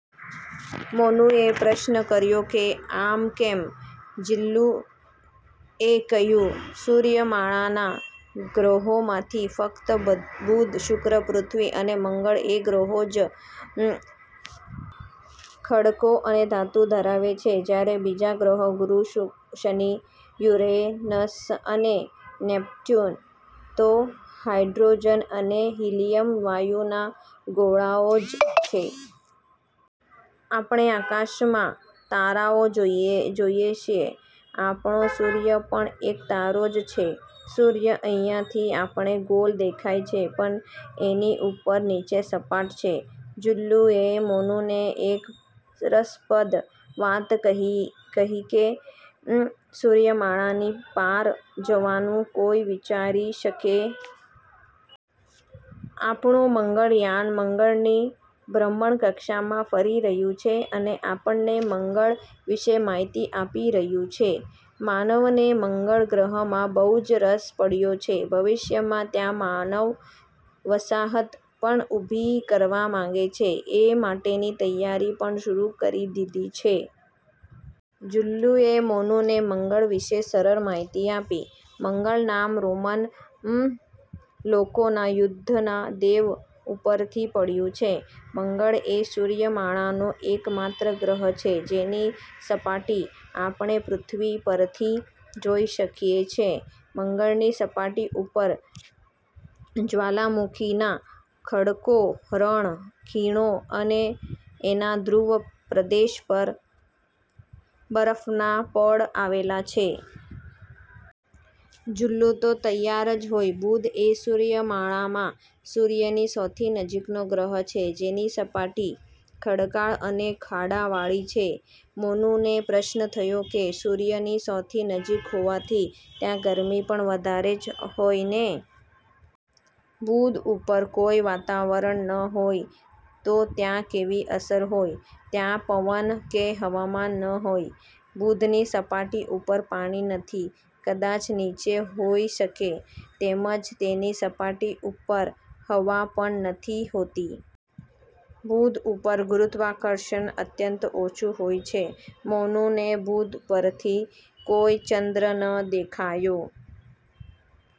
મોનુ એ પ્રશ્ન કર્યો કે આમ કેમ? જુલ્લુ એ કહ્યું, "સૂર્યમાળાના ગ્રહોમાંથી ફક્ત બુધ, શુક્ર, પૃથ્વી અને મંગળ એ ગ્રહો જ ખડકો અને ધાતુ ધરાવે છે. જયારે બીજા ગ્રહો ગુરુ, શનિ, યુરેનસ અને નેપ્ટયુન તો હાઇડ્રોજન અને હિલીયમ વાયુના ગોળાઓ જ છે". આપણે આકાશમાં તારાઓ જોઈએ છીએ. આપણો સૂર્ય પણ એક તારો જ છે. સૂર્ય અહીંથી આપણને ગોળ દેખાય છે પણ એની ઉપર-નીચે સપાટ છે. જુલ્લુ એ મોનુને એક રસપ્રદ વાત કહીકે સૂર્યમાળાની પાર જવાનું કોઈ વિચારી શકે? આપણું મંગળયાન મંગળની ભ્રમણકક્ષામાં ફરી રહ્યું છે અને આપણને મંગળ વિષે માહિતી આપી રહ્યું છે. માનવને મંગળ ગ્રહમાં બહુ જ રસ પડ્યો છે. ભવિષ્યમાં ત્યાં માનવ વસાહત પણ ઉભી કરવા માંગે છે. એ માટેની તૈયારીઓ પણ શરુ કરી દીધી છે. જુલ્લુએ મોનુને મંગળ વિષે સરસ માહિતી આપી. મંગળ નામ રોમન લોકોના યુદ્ધના દેવ ઉપરથી પડ્યું છે. મંગળ એ સૂર્યમાળાનો એક માત્ર ગ્રહ છે જેની સપાટી આપણે પૃથ્વી ઉપરથી જોઈ શકીએ છીએ. મંગળની સપાટી ઉપર જવાળામુખીના ખડકો, રણ, ખીણો અને એના ધ્રુવ પ્રદેશ પર બરફના પડ આવેલા છે. જુલ્લુ તો તૈયાર જ હોય. બુધ એ સૂર્યમાળામાં સૂર્યની સૌથી નજીકનો ગ્રહ છે. જેની સપાટી ખડકાળ અને ખાડાવાળી છે. મોનુને પ્રશ્ન થયો કે સૂર્યની સૌથી નજીક હોવાથી ત્યાં ગરમી પણ વધારે જ હોય ને? બુધ ઉપર કોઈ વાતાવરણ ન હોય તો ત્યાં કેવી અસર હોય? ત્યાં પવન કે હવામાન ન હોય. બુધની સપાટી ઉપર પાણી નથી. કદાચ નીચે હોઈ શકે. તેમજ એની સપાટી ઉપર હવા પણ નથી હોતી. બુધ ઉપર ગુરુત્વાકર્ષણ અત્યંત ઓછું હોય છે. મોનુને બુધ પરથી કોઈ ચંદ્ર ન દેખાયો.